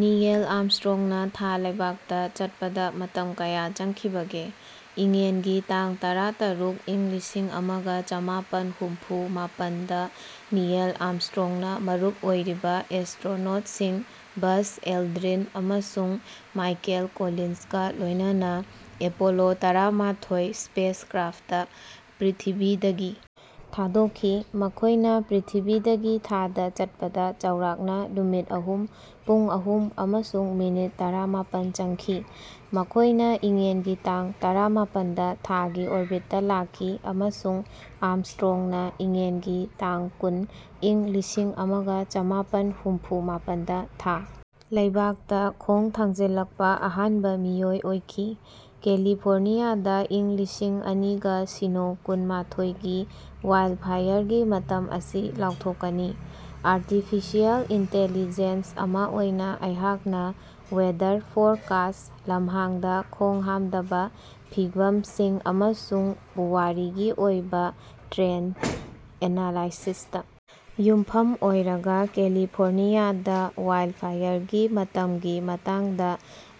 Neil ꯑꯥꯔꯝꯁꯇ꯭ꯔꯣꯡꯅ ꯊꯥ ꯂꯩꯕꯥꯛꯇ ꯆꯠꯄꯗ ꯃꯇꯝ ꯀꯌꯥ ꯆꯪꯈꯤꯕꯒꯦ? ꯏꯉꯦꯟꯒꯤ ꯇꯡ ꯇꯔꯥ-ꯇꯔꯨꯛ, ꯏꯪ ꯂꯤꯁꯤꯡ ꯑꯃꯒ ꯆꯃꯥꯄꯟ ꯍꯨꯝꯐꯨ ꯃꯥꯄꯟ ꯗꯥ ꯅꯤꯌꯦꯜ ꯑꯥꯔꯝꯁꯇ꯭ꯔꯣꯡꯅ ꯃꯔꯨꯞ ꯑꯣꯏꯔꯤꯕ ꯑꯦꯁ꯭ꯇꯔꯣꯅꯣꯠꯁꯤꯡ ꯕꯖ ꯑꯦꯜꯗ꯭ꯔꯤꯟ ꯑꯃꯁꯨꯡ ꯃꯥꯏꯀꯦꯜ ꯀꯣꯂꯤꯟꯁꯀ ꯂꯣꯏꯅꯅ ꯑꯦꯄꯣꯂꯣ ꯇꯔꯥꯃꯊꯣꯏ ꯁ꯭ꯄꯦꯁꯀ꯭ꯔꯥꯐꯠꯇ ꯄ꯭ꯔꯤꯊꯤꯕꯤꯗꯒꯤ ꯊꯥꯗꯣꯛꯈꯤ꯫ ꯃꯈꯣꯏꯅ ꯄ꯭ꯔꯤꯊꯤꯕꯤꯗꯒꯤ ꯊꯥꯗ ꯆꯠꯄꯗ ꯆꯥꯎꯔꯥꯛꯅ ꯅꯨꯃꯤꯠ ꯑꯍꯨꯝ, ꯄꯨꯡ ꯑꯍꯨꯝ ꯑꯃꯁꯨꯡ ꯃꯤꯅꯤꯠ ꯇꯔꯥꯃꯥꯄꯟ ꯆꯪꯈꯤ꯫ ꯃꯈꯣꯏꯅ ꯏꯉꯦꯟꯒꯤ ꯇꯥꯡ ꯇꯔꯥꯃꯥꯄꯟꯗ ꯊꯥꯒꯤ ꯑꯣꯔꯕꯤꯠꯇ ꯂꯥꯛꯈꯤ ꯑꯃꯁꯨꯡ ꯑꯥꯔꯝꯁꯇ꯭ꯔꯣꯡꯅ ꯏꯉꯦꯟꯒꯤ ꯇꯥꯡ ꯀꯨꯟ, ꯏꯪ ꯂꯤꯁꯤꯡ ꯑꯃꯒ ꯆꯃꯥꯄꯟ ꯍꯨꯝꯐꯨ ꯃꯥꯄꯟꯗ ꯊꯥ ꯂꯩꯕꯥꯛꯇ ꯈꯣꯡ ꯊꯥꯡꯖꯤꯜꯂꯛꯄ ꯑꯍꯥꯟꯕ ꯃꯤꯑꯣꯏ ꯑꯣꯏꯈꯤ꯫ ꯀꯦꯂꯤꯐꯣꯔꯅꯤꯌꯥꯗ ꯏꯪ ꯂꯤꯁꯤꯡ ꯑꯅꯤꯒ ꯁꯤꯅꯣ ꯀꯨꯟ ꯃꯥꯊꯣꯏ ꯒꯤ ꯋꯥꯏꯜꯗꯐꯥꯏꯌꯔꯒꯤ ꯃꯇꯝ ꯑꯁꯤ ꯂꯥꯎꯊꯣꯛꯀꯅꯤ꯫ ꯑꯥꯔꯇꯤꯐꯤꯁꯤꯌꯦꯜ ꯏꯟꯇꯦꯂꯤꯖꯦꯟꯁ ꯑꯃꯥ ꯑꯣꯏꯅ ꯑꯩꯍꯥꯛꯅ ꯋꯦꯗꯔ ꯐꯣꯔꯀꯥꯁꯠ, ꯂꯝꯍꯥꯡꯗ ꯈꯣꯡꯍꯥꯝꯗꯕ ꯐꯤꯚꯃꯁꯤꯡ, ꯑꯃꯁꯨꯡ ꯄꯨꯋꯥꯔꯤꯒꯤ ꯑꯣꯏꯕ ꯇ꯭ꯔꯦꯟꯗ ꯑꯦꯅꯂꯥꯏꯁꯤꯁꯇ ꯌꯨꯝꯐꯝ ꯑꯣꯏꯔꯒ ꯀꯦꯂꯤꯐꯣꯔꯅꯤꯌꯥꯗ ꯋꯥꯏꯜꯗꯐꯥꯏꯌꯔꯒꯤ ꯃꯇꯝꯒꯤ ꯃꯇꯥꯡꯗ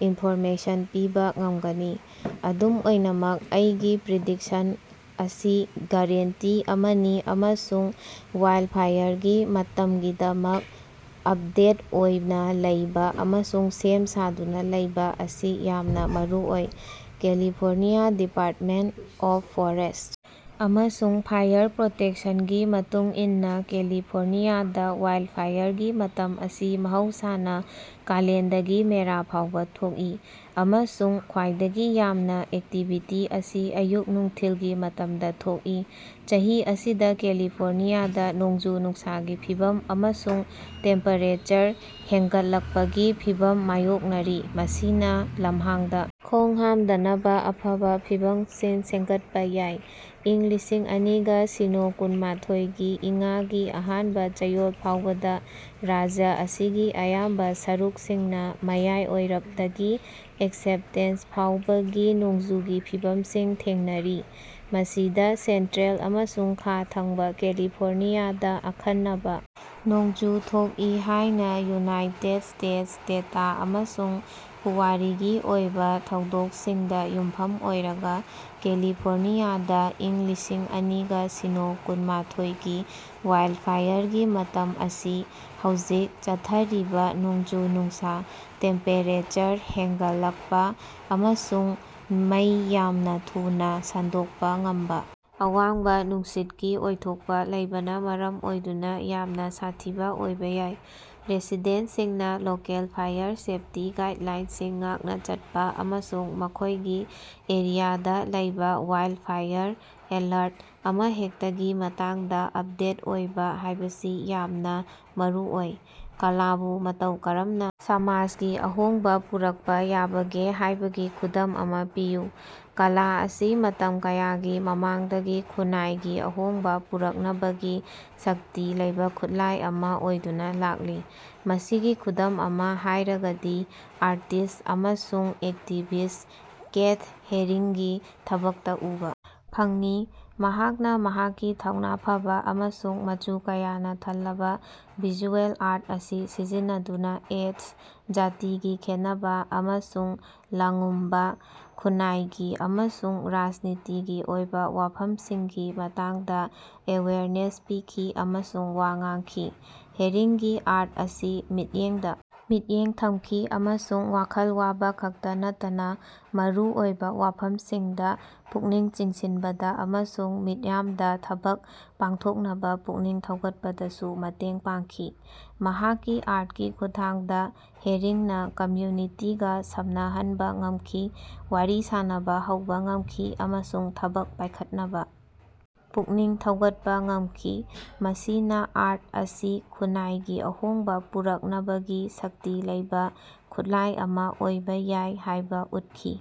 ꯏꯟꯐꯣꯔꯃꯦꯁꯟ ꯄꯤꯕ ꯉꯝꯒꯅꯤ꯫ ꯑꯗꯨꯝ ꯑꯣꯏꯅꯃꯛ ꯑꯩꯒꯤ ꯄ꯭ꯔꯤꯗꯤꯛꯁꯟ ꯑꯁꯤ ꯒꯔꯦꯟꯇꯤ ꯑꯃꯅꯤ ꯑꯃꯁꯨꯡ ꯋꯥꯏꯜꯗꯐꯥꯏꯌꯔꯒꯤ ꯃꯇꯝꯒꯤꯗꯃꯛ ꯑꯞꯗꯦꯠ ꯑꯣꯏꯅ ꯂꯩꯕ ꯑꯃꯁꯨꯡ ꯁꯦꯝ ꯁꯥꯗꯨꯅ ꯂꯩꯕ ꯑꯁꯤ ꯌꯥꯝꯅ ꯃꯔꯨꯑꯣꯏ꯫ ꯀꯦꯂꯤꯐꯣꯔꯅꯤꯌꯥ ꯗꯤꯄꯥꯔꯠꯃꯦꯟꯇ ꯑꯣꯐ ꯐꯣꯔꯦꯁꯠ ꯑꯃꯁꯨꯡ ꯐꯥꯏꯌꯔ ꯄ꯭ꯔꯣꯇꯦꯛꯁꯟꯒꯤ ꯃꯇꯨꯡꯏꯟꯅ ꯀꯦꯂꯤꯐꯣꯔꯅꯤꯌꯥꯗ ꯋꯥꯏꯜꯗꯐꯥꯏꯌꯔꯒꯤ ꯃꯇꯝ ꯑꯁꯤ ꯃꯍꯧꯁꯥꯅ ꯀꯂꯦꯟꯗꯒꯤ ꯃꯦꯔꯥ ꯐꯥꯎꯕ ꯊꯣꯛꯏ, ꯑꯃꯁꯨꯡ ꯈ꯭ꯋꯥꯏꯗꯒꯤ ꯌꯥꯝꯅ ꯑꯦꯛꯇꯤꯚꯤꯇꯤ ꯑꯁꯤ ꯑꯌꯨꯛ-ꯅꯨꯡꯊꯤꯜꯒꯤ ꯃꯇꯝꯗ ꯊꯣꯛꯏ꯫ ꯆꯍꯤ ꯑꯁꯤꯗ ꯀꯦꯂꯤꯐꯣꯔꯅꯤꯌꯥꯗ ꯅꯣꯡꯖꯨ-ꯅꯨꯡꯁꯥꯒꯤ ꯐꯤꯚꯝ ꯑꯃꯁꯨꯡ ꯇꯦꯝꯄꯦꯔꯦꯆꯔ ꯍꯦꯟꯒꯠꯂꯛꯄꯒꯤ ꯐꯤꯚꯝ ꯃꯥꯌꯣꯛꯅꯔꯤ꯫ ꯃꯁꯤꯅ ꯂꯝꯍꯥꯡꯗ ꯈꯣꯡꯍꯥꯝꯗꯅꯕ ꯑꯐꯕ ꯐꯤꯚꯝꯁꯤꯡ ꯁꯦꯝꯒꯠꯄ ꯌꯥꯏ꯫ ꯏꯪ ꯂꯤꯁꯤꯡ ꯑꯅꯤꯒ ꯁꯤꯅꯣ ꯀꯨꯟ ꯃꯥꯊꯣꯏꯒꯤ ꯏꯉꯥꯒꯤ ꯑꯍꯥꯟꯕ ꯆꯌꯣꯜ ꯐꯥꯎꯕꯗ ꯔꯥꯖ꯭ꯌ ꯑꯁꯤꯒꯤ ꯑꯌꯥꯝꯕ ꯁꯔꯨꯛꯁꯤꯡꯅ ""ꯃꯌꯥꯏ ꯑꯣꯏꯕ""ꯗꯒꯤ ""ꯑꯦꯛꯁꯦꯞꯇꯦꯟꯁ"" ꯐꯥꯎꯕꯒꯤ ꯅꯣꯡꯖꯨꯒꯤ ꯐꯤꯕꯝꯁꯤꯡ ꯊꯦꯡꯅꯔꯤ꯫ ꯃꯁꯤꯗ ꯁꯦꯟꯇ꯭ꯔꯦꯜ ꯑꯃꯁꯨꯡ ꯈꯥ ꯊꯪꯕ ꯀꯦꯂꯤꯐꯣꯔꯅꯤꯌꯥꯗ ꯑꯈꯟꯅꯕ ꯅꯣꯡꯖꯨ ꯊꯣꯛꯏ ꯍꯥꯌꯅ ꯌꯨꯅꯥꯏꯇꯦꯗ ꯁ꯭ꯇꯦꯗꯁ ꯗꯦꯇꯥ ꯑꯃꯁꯨꯡ ꯄꯨꯋꯥꯔꯤꯒꯤ ꯑꯣꯏꯕ ꯊꯧꯑꯣꯡꯁꯤꯡꯗ ꯌꯨꯝꯐꯝ ꯑꯣꯏꯔꯒ ꯀꯦꯂꯤꯐꯣꯔꯅꯤꯌꯥꯗ ꯏꯪ ꯂꯤꯁꯤꯡ ꯑꯅꯤꯒ ꯁꯤꯅꯣ ꯀꯨꯟ ꯃꯥꯊꯣꯏꯒꯤ ꯋꯥꯏꯜꯗꯐꯥꯏꯌꯔꯒꯤ ꯃꯇꯝ ꯑꯁꯤ ꯍꯧꯖꯤꯛ ꯆꯠꯊꯔꯤꯕ ꯅꯣꯡꯖꯨ-ꯅꯨꯡꯁꯥ, ꯇꯦꯝꯄꯦꯔꯦꯆꯔ ꯍꯦꯉꯠꯂꯛꯄ, ꯑꯃꯁꯨꯡ ꯃꯩ ꯌꯥꯝꯅ ꯊꯨꯅ ꯁꯟꯗꯣꯛꯄ ꯉꯝꯕ ꯑꯋꯥꯡꯕ ꯅꯨꯡꯁꯤꯠꯀꯤ ꯑꯣꯏꯊꯣꯛꯄ ꯂꯩꯕꯅ ꯃꯔꯝ ꯑꯣꯏꯗꯨꯅ ꯌꯥꯝꯅ ꯁꯥꯊꯤꯕ ꯑꯣꯏꯕ ꯌꯥꯏ꯫ ꯔꯦꯁꯤꯗꯦꯟꯇꯁꯤꯡꯅ ꯂꯣꯀꯦꯜ ꯐꯥꯏꯌꯔ ꯁꯦꯐꯇꯤ ꯒꯥꯏꯗꯂꯥꯏꯟꯁꯤꯡ ꯉꯥꯛꯅ ꯆꯠꯄ ꯑꯃꯁꯨꯡ ꯃꯈꯣꯏꯒꯤ ꯑꯦꯔꯤꯌꯥꯗ ꯂꯩꯕ ꯋꯥꯏꯜꯗꯐꯥꯏꯌꯔ ꯑꯦꯂꯔꯠ ꯑꯃꯍꯦꯛꯇꯒꯤ ꯃꯇꯥꯡꯗ ꯑꯞꯗꯦꯠ ꯑꯣꯏꯕ ꯍꯥꯏꯕꯁꯤ ꯌꯥꯝꯅ ꯃꯔꯨꯑꯣꯏ꯫ ꯀꯂꯥꯕꯨ ꯃꯇꯧ ꯀꯔꯝꯅ ꯁꯃꯥꯖꯒꯤ ꯑꯍꯣꯡꯕ ꯄꯨꯔꯛꯄ ꯌꯥꯕꯒꯦ ꯍꯥꯏꯕꯒꯤ ꯈꯨꯗꯝ ꯑꯃꯥ ꯄꯤꯌꯨ꯫ ꯀꯂꯥ ꯑꯁꯤ ꯃꯇꯝ ꯀꯌꯥꯒꯤ ꯃꯃꯥꯡꯗꯒꯤ ꯈꯨꯟꯅꯥꯏꯒꯤ ꯑꯍꯣꯡꯕ ꯄꯨꯔꯛꯅꯕꯒꯤ ꯁꯛꯇꯤ ꯂꯩꯕ ꯈꯨꯠꯂꯥꯏ ꯑꯃ ꯑꯣꯏꯗꯨꯅ ꯂꯥꯛꯂꯤ꯫ ꯃꯁꯤꯒꯤ ꯈꯨꯗꯝ ꯑꯃ ꯍꯥꯏꯔꯒꯗꯤ ꯑꯥꯔꯇꯤꯁꯠ ꯑꯃꯁꯨꯡ ꯑꯦꯛꯇꯤꯚꯤꯁꯠ ꯀꯦꯊ ꯍꯦꯔꯤꯡꯒꯤ ꯊꯕꯛꯇ ꯎꯕ ꯐꯪꯉꯤ꯫ ꯃꯍꯥꯛꯅ ꯃꯍꯥꯛꯀꯤ ꯊꯧꯅ ꯐꯕ ꯑꯃꯁꯨꯡ ꯃꯆꯨ ꯀꯌꯥꯅ ꯊꯜꯂꯕ ꯚꯤꯖꯨꯑꯦꯜ ꯑꯥꯔꯠ ꯑꯁꯤ ꯁꯤꯖꯤꯟꯅꯗꯨꯅ ꯑꯦꯗꯁ, ꯖꯥꯇꯤꯒꯤ ꯈꯦꯟꯅꯕ, ꯑꯃꯁꯨꯡ ꯂꯥꯉꯨꯝꯕ ꯈꯨꯟꯅꯥꯏꯒꯤ ꯑꯃꯁꯨꯡ ꯔꯥꯖꯅꯤꯇꯤꯒꯤ ꯑꯣꯏꯕ ꯋꯥꯐꯝꯁꯤꯡꯒꯤ ꯃꯇꯥꯡꯗ ꯑꯦꯋꯦꯔꯅꯦꯁ ꯄꯤꯈꯤ ꯑꯃꯁꯨꯡ ꯋꯥ ꯉꯥꯡꯈꯤ꯫ ꯍꯦꯔꯤꯡꯒꯤ ꯑꯥꯔꯠ ꯑꯁꯤ ꯃꯤꯠꯌꯦꯡꯗ ꯃꯤꯠꯌꯦꯡ ꯊꯝꯕ ꯑꯃꯁꯨꯡ ꯋꯥꯈꯜ ꯋꯥꯕ ꯈꯛꯇ ꯅꯠꯇꯅ ꯃꯔꯨꯑꯣꯏꯕ ꯋꯥꯐꯝꯁꯤꯡꯗ ꯄꯨꯛꯅꯤꯡ ꯆꯤꯡꯁꯤꯟꯕꯗ ꯑꯃꯁꯨꯡ ꯃꯤꯌꯥꯝꯗ ꯊꯕꯛ ꯄꯥꯏꯈꯠꯅꯕ ꯄꯨꯛꯅꯤꯡ ꯊꯧꯒꯠꯄꯗꯁꯨ ꯃꯇꯦꯡ ꯄꯥꯡꯈꯤ꯫ ꯃꯍꯥꯛꯀꯤ ꯑꯥꯔꯠꯀꯤ ꯈꯨꯠꯊꯥꯡꯗ ꯍꯦꯔꯤꯡꯅ ꯀꯝꯃ꯭ꯌꯨꯅꯤꯇꯤꯁꯤꯡꯒ ꯁꯝꯅꯍꯟꯕ ꯉꯝꯈꯤ꯫ ꯋꯥꯔꯤ ꯁꯥꯟꯅꯕ ꯍꯧꯕ ꯉꯃꯈꯤ ꯑꯃꯁꯨꯡ ꯊꯕꯛ ꯄꯥꯏꯈꯠꯅꯕ ꯄꯨꯛꯅꯤꯡ ꯊꯧꯒꯠꯄ ꯉꯝꯈꯤ꯫ ꯃꯁꯤꯅ ꯑꯥꯔꯠ ꯑꯁꯤ ꯈꯨꯟꯅꯥꯏꯒꯤ ꯑꯍꯣꯡꯕ ꯄꯨꯔꯛꯅꯕꯒꯤ ꯁꯛꯇꯤ ꯂꯩꯕ ꯈꯨꯠꯂꯥꯏ ꯑꯃ ꯑꯣꯏꯕ ꯌꯥꯏ ꯍꯥꯌꯕ ꯎꯠꯈꯤ꯫